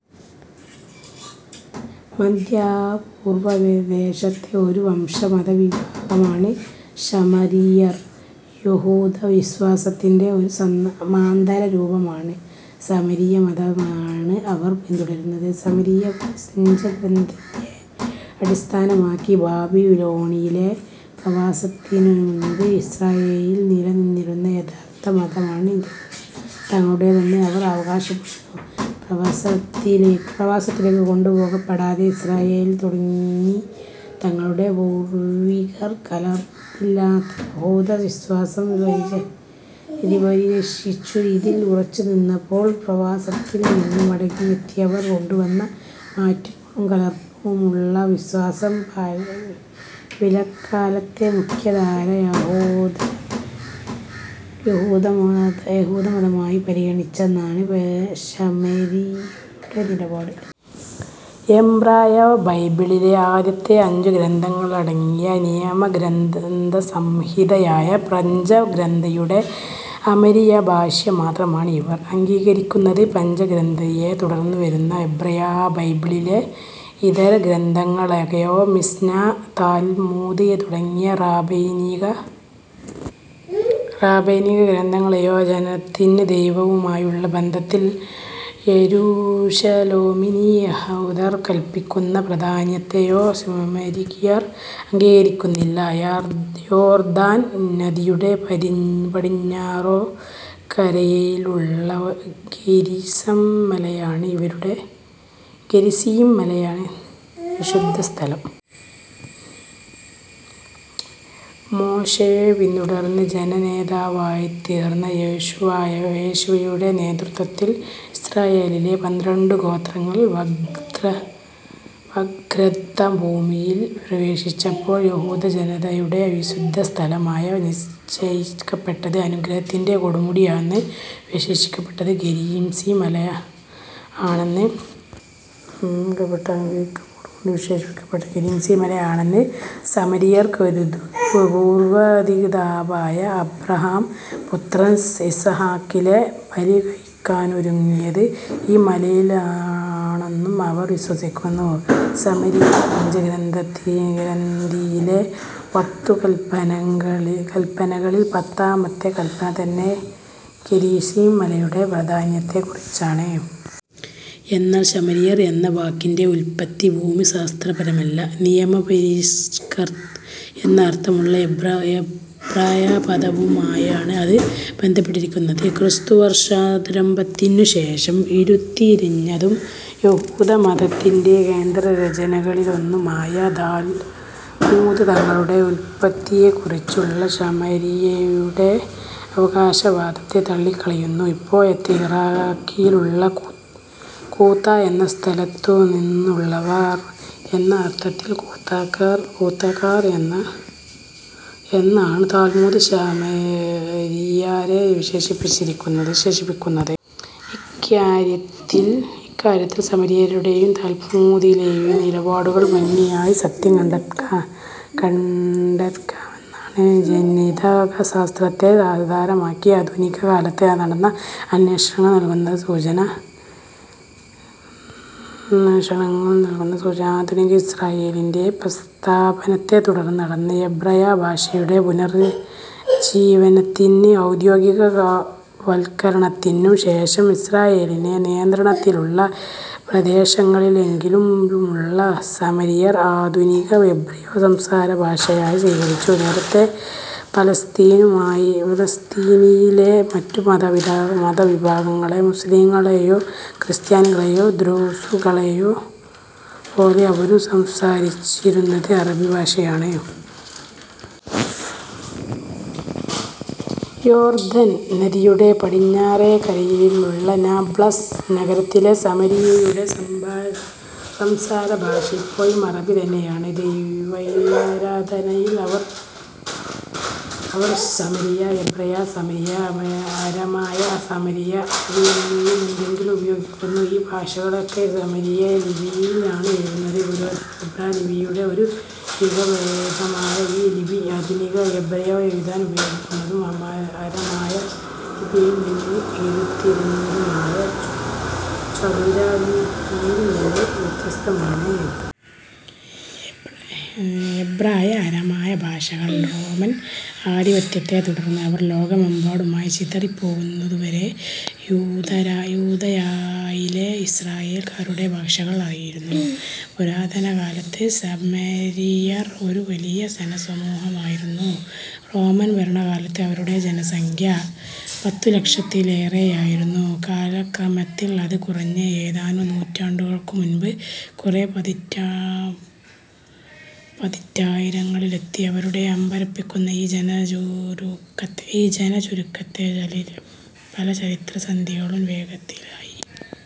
മദ്ധ്യപൂർവദേശത്തെ ഒരു വംശ-മതവിഭാഗമാണ് ശമരിയർ. യഹൂദവിശ്വാസത്തിന്റെ ഒരു സമാന്തരരൂപമായ ശമരിയമതമാണ് അവർ പിന്തുടരുന്നത്. ശമരിയ പഞ്ചഗ്രന്ഥിയെ അടിസ്ഥാനമാക്കി, ബാബിലോണിലെ പ്രവാസത്തിനുമുൻപ് ഇസ്രായേലിൽ നിലനിന്നിരുന്ന യഥാർത്ഥമതമാണ് തങ്ങളുടേതെന്ന് അവർ അവകാശപ്പെടുന്നു. പ്രവസത്തിലേക്ക് കൊണ്ടുപോകപ്പെടാതെ ഇസ്രായേലിൽ തങ്ങിയ തങ്ങളുടെ പൂർവികർ കലർപ്പില്ലാത്ത യഹൂദവിശ്വാസം പരിരക്ഷിച്ച് അതിൽ ഉറച്ചുനിന്നപ്പോൾ, പ്രവാസത്തിൽ നിന്ന് മടങ്ങിയെത്തിയവർ കൊണ്ടുവന്ന മാറ്റങ്ങളും കലർപ്പുമുള്ള വിശ്വാസം പിലക്കാലത്തെ മുഖ്യധാരാ യഹൂദമതമായി പരിണമിച്ചെന്നാണ് ശമരിയരുടെ നിലപാട്. എബ്രായബൈബിളിലെ ആദ്യത്തെ അഞ്ചുഗ്രന്ഥങ്ങളടങ്ങിയ നിയമഗ്രന്ഥസംഹിതയായ പഞ്ചഗ്രന്ഥിയുടെ ശമരിയഭാഷ്യം മാത്രമാണ് ഇവർ അംഗീകരിക്കുന്നത്. പഞ്ചഗ്രന്ഥിയെ തുടർന്നു വരുന്ന എബ്രായബൈബിളിലെ ഇതരഗ്രന്ഥങ്ങളെയോ, മിഷ്നാ, താൽമൂദ് തുടങ്ങിയ റാബൈനിക ഗ്രന്ഥങ്ങളേയോ, ജനത്തിന് ദൈവവുമായുള്ള ബന്ധത്തിൽ യെരുശലേമിന് യഹൂദർ കല്പിക്കുന്ന പ്രാധാന്യത്തെയോ ശമരിയർ അംഗീകരിക്കുന്നില്ല. യോർദ്ദാൻ നദിയുടെ പടിഞ്ഞേറെക്കരയിലുള്ള ഗെരിസിം മലയാണ് അവരുടെ വിശുദ്ധസ്ഥലം. മോശെയെ പിന്തുടർന്ന് ജനനേതാവായിത്തീർന്ന യോശുവായുടെ നേതൃത്വത്തിൽ ഇസ്രായേലിലെ പന്ത്രണ്ടു ഗോത്രങ്ങൾ വാഗ്ദത്തഭൂമിയിൽ പ്രവേശിച്ചപ്പോൾ, യഹൂദജനതയുടെ വിശുദ്ധസ്ഥലമായി നിശ്ചയിക്കപ്പെട്ടത് അനുഗ്രത്തിന്റെ കൊടുമുടിയെന്ന് വിശേഷിപ്പിക്കപ്പെട്ട ഗെരിസിം മല ആണെന്ന് ശമരിയർ കരുതുന്നു. പൂർവപിതാവായ അബ്രാഹം പുത്രൻ ഇസഹാക്കിലെ ബലികഴിക്കാനൊരുങ്ങിയത് ഈ മലയിലാണെന്നും അവർ വിശ്വസിക്കുന്നു. ശമരിയപഞ്ചഗ്രന്ഥിയിലെ പത്തുകല്പനകളിൽ പത്താമത്തെ കല്പന തന്നെ ഗെരിസിം മലയുടെ പ്രാധാന്യത്തെക്കുറിച്ചാണ്. എന്നാൽ 'ശമരിയർ' എന്ന വാക്കിന്റെ ഉല്പത്തി ഭൂമിശാസ്ത്രപരമല്ല. "നിയമപരിരക്ഷകർ" എന്ന അർത്ഥമുള്ള എബ്രായ പദവുമായാണ് അത് ബന്ധപ്പെട്ടിരിക്കുന്നത്. ക്രിസ്തുവർഷാരംഭത്തിനുശേഷം ഉരുത്തിരിഞ്ഞതും, യഹൂദമതമതത്തിന്റെ കേന്ദ്രരചനകളിലൊന്നുമായ താൽമൂദ്, തങ്ങളുടെ ഉല്പത്തിയെക്കുറിച്ചുള്ള ശമരിയരുടെ അവകാശവാദത്തെ തള്ളിക്കളയുന്നു. ഇപ്പോഴത്തെ ഇറാഖിലുള്ള കൂത്താ എന്ന സ്ഥലത്തുനിന്നുള്ളവർ എന്ന അർത്ഥത്തിൽ കൂത്താക്കാർ എന്നാണ് താൽമൂദ് ശമരിയരെ വിശേഷിപ്പിക്കുന്നത്. ഇക്കാര്യത്തിൽ ശമരിയരുടേയും താൽമൂദിലേയും നിലപാടുകളിൽ ഭാഗികമായ സത്യം കണ്ടെക്കാമെന്നാണ് ജനിതകശാസ്ത്രത്തെ ആധാരമാക്കി ആധുനികകാലത്ത് നടന്ന അന്വേഷണങ്ങൾ നൽകുന്ന സൂചന. ആധുനിക ഇസ്രായേലിന്റെ സ്ഥാപനത്തെ തുടർന്ന് നടന്ന എബ്രായഭാഷയുടെ പുനർജ്ജീവനത്തിനും ഔദ്യോഗികവൽക്കരണത്തിനും ശേഷം, ഇസ്രായേലിന്റെ നിയന്ത്രണത്തിലുള്ള പ്രദേശങ്ങളിലെങ്കിലുമുള്ള ശമരിയർ ആധുനിക എബ്രായ സംസാരഭാഷയായി സ്വീകരിച്ചു. നേരത്തേ, പലസ്തീനയിലെ മറ്റു മതവിഭാഗങ്ങളായ മുസ്ലിങ്ങളേയും, ക്രിസ്ത്യാനികളേയും ദ്രൂസുകളേയും പോലെ, അവരും സംസാരിച്ചിരുന്നത് അറബി ഭാഷയാണ്. യോർദ്ദൻ നദിയുടെ പടിഞ്ഞാറേക്കരയിലുള്ള നാബ്ലസ് നഗരത്തിലെ ശമരിയരുടെ സംസാരഭാഷ ഇപ്പോഴും അറബി തന്നെയാണ്. ദൈവാരാധനയിൽ അവർ ശമരിയ-എബ്രായ, ശമരിയ-അരമായ, ശമരിയ-അറബി എന്നിവയിൽ ഏതെങ്കിലും ഉപയോഗിക്കുന്നു. ഈ ഭാഷകളൊക്കെ ശമരിയ ലിപിയിൽ ആണ് എഴുതുന്നത്. പുരാതന എബ്രായ ലിപിയുടെ ഒരു വകഭേദമായ ഈ ലിപി, ആധുനിക എബ്രായ എഴുതാൻ ഉപയോഗിക്കുന്നതും അരമായ ലിപിയിൽ നിന്ന് ഉരുത്തിരിഞ്ഞതുമായ ചതുരലിപിയിൽ നിന്ന് വ്യത്യസ്തമാണ്. എബ്രായ, അരമായ ഭാഷകൾ, റോമൻ ആധിപത്യത്തെ തുടർന്ന് അവർ ലോകമെമ്പാടുമായി ചിതറിപ്പോകുന്നതുവരെ, യൂദയായിലെ ഇസ്രായേൽക്കാരുടെ ഭാഷകൾ ആയിരുന്നു. പുരാതനകാലത്ത് ശമരിയർ ഒരു വലിയ ജനസമൂഹമായിരുന്നു. റോമൻ ഭരണകാലത്ത് അവരുടെ ജനസംഖ്യ പത്തുലക്ഷത്തിലേറെയായിരുന്നു. കാലക്രമത്തിൽ അത് കുറഞ്ഞ് ഏതാനും നൂറ്റാണ്ടുകൾക്കുമുൻപ് കുറേ പതിറ്റായിരങ്ങളിലെത്തി. അവരുടെ അമ്പരപ്പിക്കുന്ന ഈ ജനച്ചുരുക്കത്തെ പലചരിത്രസന്ധികളും വേഗത്തിലാക്കി.